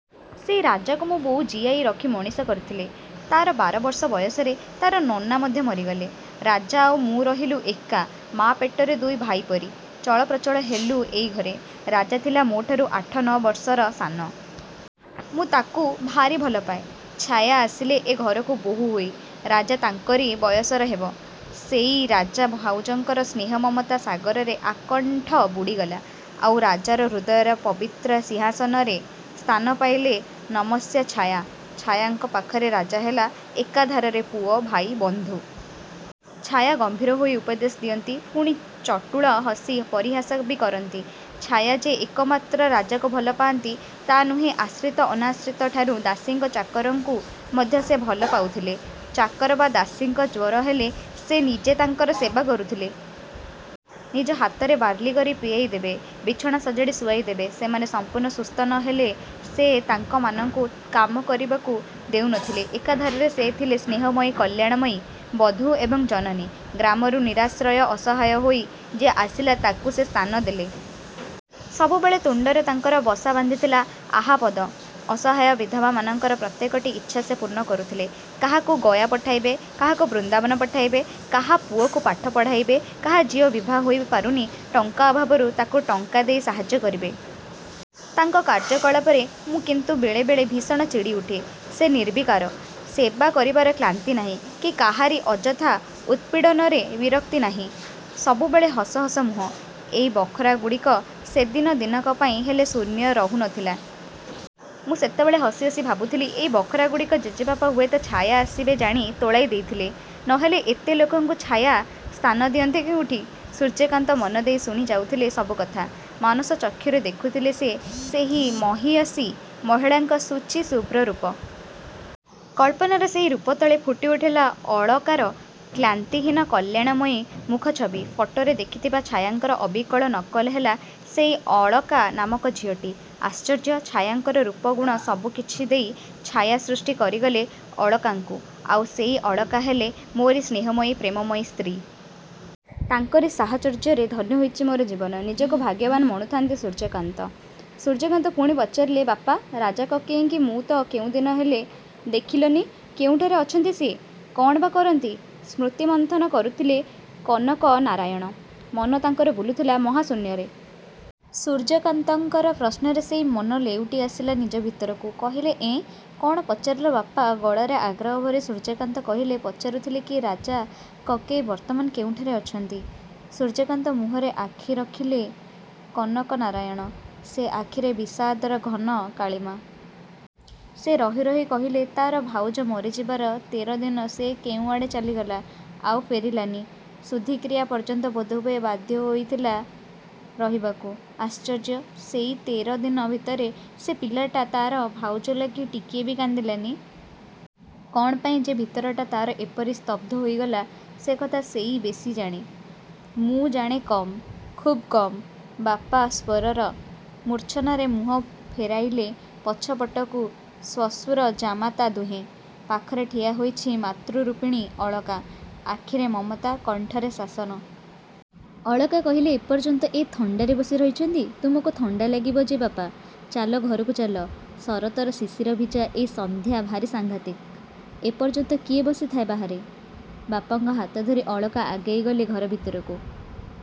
ସେଇ ରାଜାକୁ ମୋ ବୋଉ ଜିଆଇ ରଖି ମଣିଷ କରିଥିଲେ। ତା'ର ବାର ବର୍ଷ ବୟସରେ ତା'ର ନନା ମଧ୍ୟ ମରିଗଲେ। ରାଜା ଆଉ ମୁଁ ରହିଲୁ ଏକା ମାଆ ପେଟରେ ଦୁଇ ଭାଇ ପରି। ଚଳ ପ୍ରଚଳ ହେଲୁ ଏଇ ଘରେ। ରାଜା ଥିଲା ମୋଠାରୁ ଆଠ ନଅ ବର୍ଷର ସାନ। ମୁଁ ତାକୁ ଭାରି ଭଲ ପାଏ। ଛାୟା ଆସିଲେ ଏ ଘରକୁ ବୋହୂ ହୋଇ। ରାଜା ତାଙ୍କରି ବୟସର ହେବ। ସେଇ ରାଜା ଭାଉଜଙ୍କ ସ୍ନେହ ମମତା ସାଗରରେ ଆକଣ୍ଠ ବୁଡ଼ିଗଲା। ଆଉ ରାଜାର ହୃଦୟର ପବିତ୍ର ସିଂହାସନରେ ସ୍ଥାନ ପାଇଲେ ନମସ୍ୟା ଛାୟା। ଛାୟାଙ୍କ ପାଖରେ ରାଜା ହେଲା ଏକାଧାରରେ ପୁଅ, ଭାଇ, ବନ୍ଧୁ। ଛାୟା ଗମ୍ଭୀର ହୋଇ ଉପଦେଶ ଦିଅନ୍ତି, ପୁଣି ଚଟୁଳ ହସି ପରିହାସ ବି କରନ୍ତି। ଛାୟା ଯେ ଏକମାତ୍ର ରାଜାକୁ ଭଲ ପାଆନ୍ତି ତା' ନୁହେଁ ଆଶ୍ରିତ ଅନାଶ୍ରିତଠାରୁ ଦାସୀଙ୍କ ଚାକରଙ୍କୁ ମଧ୍ୟ ସେ ଭଲ ପାଉଥିଲେ। ଚାକର ବା ଦାସୀଙ୍କ ଜ୍ୱର ହେଲେ ସେ ନିଜେ ତାଙ୍କର ସେବା କରୁଥିଲେ। ନିଜ ହାତରେ ବାର୍ଲି କରି ପିଆଇ ଦେବେ। ବିଛଣା ସଜାଡ଼ି ଶୁଆଇ ଦେବେ। ସେମାନେ ସମ୍ପୂର୍ଣ୍ଣ ସୁସ୍ଥ ନ ହେଲେ ସେ ତାଙ୍କ ମାନଙ୍କୁ କାମ କରିବାକୁ ଦେଉ ନଥିଲେ। ଏକାଧାରରେ ସେ ଥିଲେ ସ୍ନେହମୟୀ କଲ୍ୟାଣମୟୀ ବଧୂ ଏବଂ ଜନନୀ। ଗ୍ରାମରୁ ନିରାଶ୍ରୟ, ଅସହାୟ ହୋଇ ଯେ ଆସିଲା ତାକୁ ସେ ସ୍ଥାନ ଦେଲେ। ସବୁବେଳେ ତୁଣ୍ଡରେ ତାଙ୍କର ବସା ବାନ୍ଧିଥିଲା ଆହା ପଦ। ଅସହାୟ ବିଧବାମାନଙ୍କର ପ୍ରତ୍ୟେକଟି ଇଚ୍ଛା ସେ ପୂର୍ଣ୍ଣ କରୁଥିଲେ। କାହାକୁ ଗୟା ପଠାଇବେ, କାହାକୁ ବୃନ୍ଦାବନ ପଠାଇବେ, କାହା ପୁଅକୁ ପାଠ ପଢ଼ାଇବେ, କାହା ଝିଅ ବିଭା ହୋଇ ପାରୁନି ଟଙ୍କା ଅଭାବରୁ ତାକୁ ଟଙ୍କା ଦେଇ ସାହାଯ୍ୟ କରିବେ। ତାଙ୍କ କାର୍ଯ୍ୟକଳାପରେ ମୁଁ କିନ୍ତୁ ବେଳେ ବେଳେ ଭୀଷଣ ଚିଡ଼ି ଉଠେ। ସେ ନିର୍ବିକାର। ସେବା କରିବାର କ୍ଲାନ୍ତି ନାହିଁ, କି କାହାରି ଅଯଥା ଉତ୍ପୀଡ଼ନରେ ବିରକ୍ତି ନାହିଁ। ସବୁବେଳେ ହସ ହସ ମୁହଁ। ଏଇ ବଖରାଗୁଡ଼ିକ ସେଦିନ ଦିନକ ପାଇଁ ହେଲେ ଶୂନ୍ୟ ରହୁ ନଥିଲା। ମୁଁ ସେତେବେଳେ ହସି ହସି ଭାବୁଥିଲି ଏଇ ବଖରାଗୁଡ଼ିକ ଜେଜେବାପା ହୁଏତ ଛାୟା ଆସିବେ ଜାଣି ତୋଳାଇ ଦେଇଥିଲେ। ନହେଲେ ଏତେ ଲୋକଙ୍କୁ ଛାୟା ସ୍ଥାନ ଦିଅନ୍ତେ କେଉଁଠି? ସୂର୍ଯ୍ୟକାନ୍ତ ମନଦେଇ ଶୁଣି ଯାଉଥିଲେ ସବୁ କଥା ମାନସ ଚକ୍ଷୁରେ ଦେଖୁଥିଲେ ସିଏ ସେହି ମହିୟସୀ ମହିଳାଙ୍କ ଶୁଚି ଶୁଭ୍ର ରୂପ। କଳ୍ପନାର ସେଇ ରୂପ ତଳେ ଫୁଟି ଉଠିଲା ଅଳକାର କ୍ଳାନ୍ତିହୀନ କଲ୍ୟାଣମୟୀ ମୁଖଛବି। ଫଟୋରେ ଦେଖିଥିବା ଛାୟାଙ୍କର ଅବିକଳ ନକଲ ହେଲା ସେଇ ଅଳକା ନାମକ ଝିଅଟି। ଆଶ୍ଚର୍ଯ୍ୟ! ଛାୟାଙ୍କର ରୂପଗୁଣ ସବୁକିଛି ଦେଇ ଛାୟା ସୃଷ୍ଟି କରି ଗଲେ ଅଳକାଙ୍କୁ। ଆଉ ସେଇ ଅଳକା ହେଲେ ମୋରି ସ୍ନେହମୟୀ, ପ୍ରେମମୟୀ ସ୍ତ୍ରୀ। ତାଙ୍କରି ସାହଚର୍ଯ୍ୟରେ ଧନ୍ୟ ହୋଇଛି ମୋର ଜୀବନ। ନିଜକୁ ଭାଗ୍ୟବାନ୍ ମଣୁଥାନ୍ତି ସୂର୍ଯ୍ୟକାନ୍ତ। ସୂର୍ଯ୍ୟକାନ୍ତ ପୁଣି ପଚାରିଲେ ବାପା, ରାଜା କକେଇଙ୍କି ମୁଁ ତ କେଉଁଦିନ ହେଲେ ଦେଖିଲନି। କେଉଁଠାରେ ଅଛନ୍ତି ସିଏ? କ'ଣ ବା କରନ୍ତି? ସ୍ମୃତିମନ୍ଥନ କରୁଥିଲେ କନକନାରାୟଣ। ମନ ତାଙ୍କର ବୁଲୁଥିଲା ମହାଶୂନ୍ୟରେ। ସୂର୍ଯ୍ୟକାନ୍ତଙ୍କର ପ୍ରଶ୍ନରେ ସେଇ ମନ ଲେଉଟି ଆସିଲା ନିଜ ଭିତରକୁ। କହିଲେ ଏଁ, କ'ଣ ପଚାରିଲ ବାପା? ଗଳାରେ ଆଗ୍ରହ ଭରି ସୂର୍ଯ୍ୟକାନ୍ତ କହିଲେ ପଚାରୁଥିଲି କି ରାଜା କକେଇ ବର୍ତ୍ତମାନ କେଉଁଠାରେ ଅଛନ୍ତି। ସୂର୍ଯ୍ୟକାନ୍ତ ମୁହଁରେ ଆଖି ରଖିଲେ କନକନାରାୟଣ। ସେ ଆଖିରେ ବିଷାଦର ଘନ କାଳିମା। ସେ ରହି ରହି କହିଲେ ତା'ର ଭାଉଜ ମରିଯିବାର ତେର ଦିନ ସେ କେଉଁଆଡ଼େ ଚାଲିଗଲା। ଆଉ ଫେରିଲାନି। ଶୁଦ୍ଧିକ୍ରିୟା ପର୍ଯ୍ୟନ୍ତ ବୋଧହୁଏ ବାଧ୍ୟ ହୋଇଥିଲା ରହିବାକୁ। ଆଶ୍ଚର୍ଯ୍ୟ! ସେଇ ତେର ଦିନ ଭିତରେ ସେ ପିଲାଟା ତା'ର ଭାଉଜ ଲାଗି ଟିକିଏ ବି କାନ୍ଦିଲାନି। କ'ଣ ପାଇଁ ଯେ ଭିତରଟା ତା'ର ଏପରି ସ୍ତବ୍ଧ ହୋଇଗଲା ସେକଥା ସେଇ ବେଶି ଜାଣେ। ମୁଁ ଜାଣେ କମ୍, ଖୁବ୍ କମ୍। ବାପା, ସ୍ୱରର ମୂର୍ଚ୍ଛନାରେ ମୁହଁ ଫେରାଇଲେ ପଛପଟକୁ ଶ୍ୱଶୁର ଜାମାତା ଦୁହେଁ। ପାଖରେ ଠିଆ ହୋଇଛି ମାତୃରୂପିଣୀ ଅଳକା। ଆଖିରେ ମମତା, କଣ୍ଠରେ ଶାସନ। ଅଳକା କହିଲେ ଏପର୍ଯ୍ୟନ୍ତ ଏଇ ଥଣ୍ଡାରେ ବସି ରହିଛନ୍ତି। ତୁମକୁ ଥଣ୍ଡା ଲାଗିବ ଯେ ବାପା। ଚାଲ, ଘରକୁ ଚାଲ। ଶରତର ଶିଶିର ଭିଜା ଏଇ ସନ୍ଧ୍ୟା ଭାରି ସାଂଘାତିକ। ଏପର୍ଯ୍ୟନ୍ତ କିଏ ବସିଥାଏ ବାହାରେ! ବାପାଙ୍କ ହାତ ଧରି ଅଳକା ଆଗେଇ ଗଲେ ଘର ଭିତରକୁ।